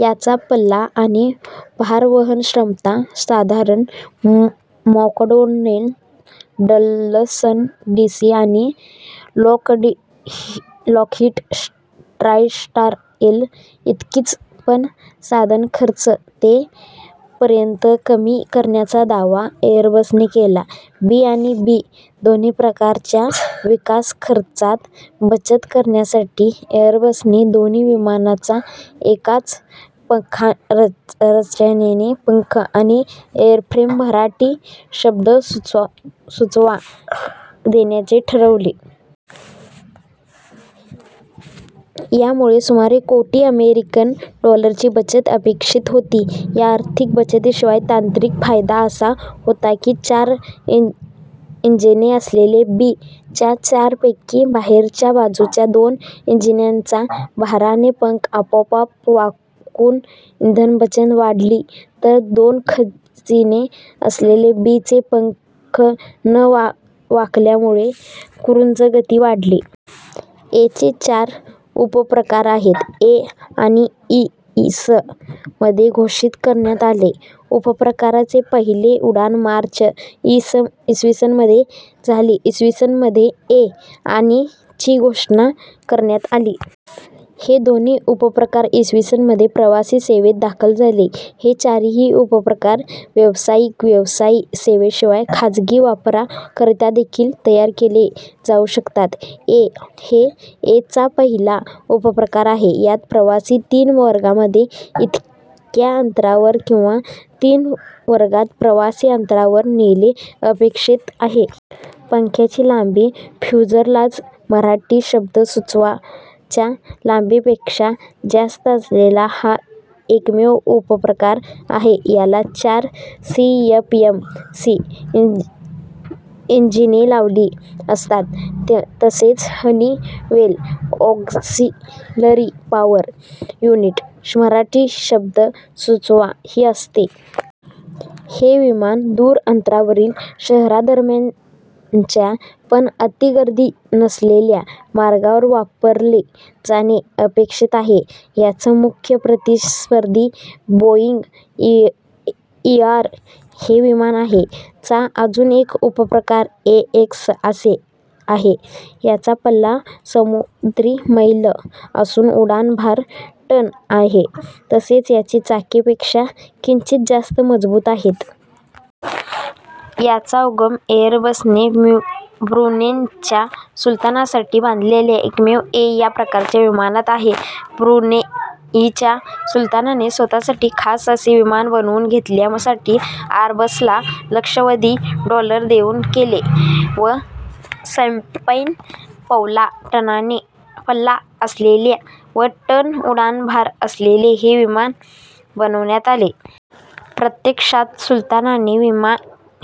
याचा पल्ला आणि भारवहनक्षमता साधारण मॅकडोनेल डग्लस डीसी- आणि लॉकहीड ट्रायस्टार एल- इतकीच पण इंधनखर्च ते पर्यंत कमी करण्याचा दावा एरबसने केला. बी आणि बी या दोन्ही प्रकारांच्या विकासखर्चात बचत करण्यासाठी एरबसने दोन्ही विमानांना एकाच रचनेचे पंख आणि एरफ्रेम मराठी शब्द सुचवा देण्याचे ठरवले. यामुळे सुमारे कोटी अमेरिकन डॉलरची बचत अपेक्षित होती. या आर्थिक बचतीशिवाय तांत्रिक फायदा असा होता की चार इंजिने असलेल्या बी च्या चारपैकी बाहेरच्या बाजूच्या दोन इंजिनांच्या भाराने पंख आपोआप वाकून इंधनबचत वाढली तर दोन इंजिने असलेल्या बी चे पंख न वाकल्यामुळे क्रुझगती वाढली. ए चे चार उपप्रकार आहेत. ए - आणि - इ. स. मध्ये घोषित करण्यात आले. - उपप्रकाराचे पहिले उड्डाण मार्च, इ. स. मध्ये झाले. इ. स. मध्ये ए - आणि - ची घोषणा करण्यात आली. हे दोन्ही उपप्रकार इ. स. मध्ये प्रवासी सेवेत दाखल झाले. हे चारही उपप्रकार व्यावसायिक प्रवासी सेवेशिवाय खाजगी वापराकरतादेखील तयार केले जाऊ शकतात. ए - हे ए चा पहिला उपप्रकार आहे. यात प्रवासी तीन वर्गांमध्ये इतक्या अंतरावर किंवा तीन वर्गांत प्रवासी अंतरावर नेणे अपेक्षित आहे. पंखांची लांबी फ्युजलाझ मराठी शब्द सुचवा च्या लांबीपेक्षा जास्त असलेला हा एकमेव उपप्रकार आहे. याला चार सीएफएम - सी इंजिने लावली असतात तसेच Honeywell - auxiliary power unit Marathi शब्द सुचवा ही असते. हे विमान दूर अंतरावरील शहरांदरम्यानच्या पण अतिगर्दी नसलेल्या मार्गांवर वापरले जाणे अपेक्षित आहे. याचा मुख्य प्रतिस्पर्धी बोइंग - ईआर हे विमान आहे. - चा अजून एक उपप्रकार ए - एक्स आहे. याचा पल्ला समुद्री मैल असून उड्डाणभार टन आहे तसेच याची चाके - पेक्षा किंचित जास्त मजबूत आहेत. याचा उगम एरबसने ब्रुनेइच्या सुलतानासाठी बांधलेल्या एकमेव ए - या प्रकारच्या विमानात आहे. ब्रुनेइच्या सुलतानाने स्वतःसाठी खास असे विमान बनवून घेण्यासाठी आरबसला लक्षावधी डॉलर देऊ केले व समैल पल्ला असलेले व टन उड्डाणभार असलेले हे विमान बनविण्यात आले. प्रत्यक्षात सुलतानाने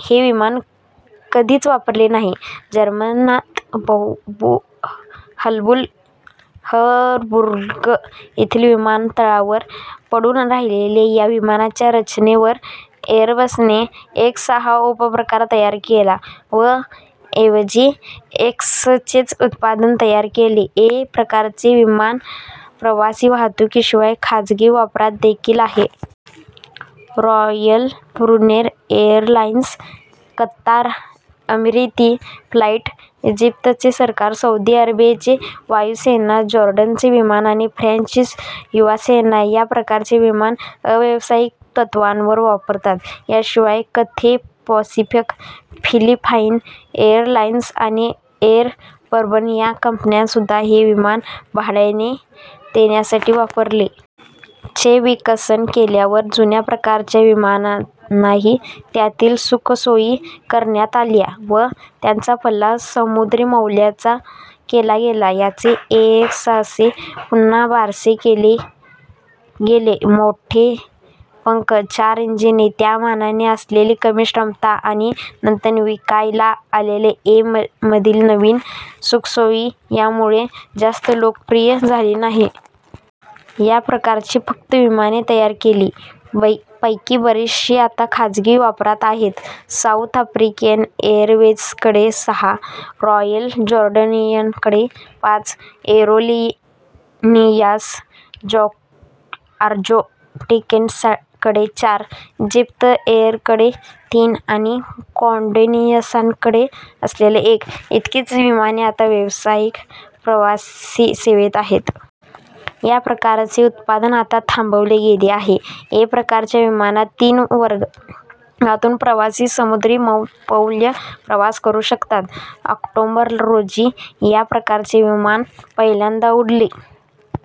हे विमान कधीच वापरले नाही. जर्मनीत हॅंबुर्ग येथील विमानतळावर पडून राहिलेल्या या विमानाच्या रचनेवरून एरबसने - एक्स हा उपप्रकार तयार केला व - ऐवजी - एक्सचेच उत्पादन कायम केले. ए - प्रकारचे विमान प्रवासी वाहतुकीशिवाय खाजगी वापरातदेखील आहे. Royal Brunei Airlines, Qatar Amiri Flight, इजिप्तचे सरकार, सौदी अरेबियाची वायुसेना, जॉर्डनचा राजा आणि फ्रान्सची वायुसेना या प्रकारचे विमान अव्यावसायिक तत्त्वावर वापरतात. याशिवाय कॅथे पॅसिफिक, फिलिपाईन एरलाइन्स आणि एर बर्बन या कंपन्यांनीसुद्धा हे विमान भाड्याने देण्यासाठी वापरले. चे विकसन केल्यावर जुन्या - प्रकारच्या विमानांनाही त्यातील सुखसोयी देण्यात आल्या व त्यांचा पल्ला समुद्री मैलांचा केला गेला. यांचे ए - एक्स असे पुन्हा बारसे केले गेले. मोठे पंख, चार इंजिने, त्यामानाने असलेली कमी क्षमता आणि नंतर विकायला आलेले ए - मधील नवीन सुखसोयी, यांमुळे - जास्त लोकप्रिय झाले नाही. या प्रकारची फक्त विमाने तयार केली. पैकी बरीचशी आता खाजगी वापरात आहेत. साउथ आफ्रिकन एरवेझकडे सहा, रॉयल जॉर्डेनियनकडे पाच, एरोलिनियास आर्जेन्टिनासकडे चार, इजिप्त एरकडे तीन आणि कॉन्व्हियासाकडे असलेले एक, इतकीच विमाने आता व्यावसायिक प्रवासी सेवेत आहेत. या विमानाचे उत्पादन आता थांबवले गेले आहे. ए - प्रकारच्या विमानात तीन वर्गांतून प्रवासी समुद्री मैल प्रवास करू शकतात. ऑक्टोबर, रोजी या प्रकारचे विमान पहिल्यांदा उडले.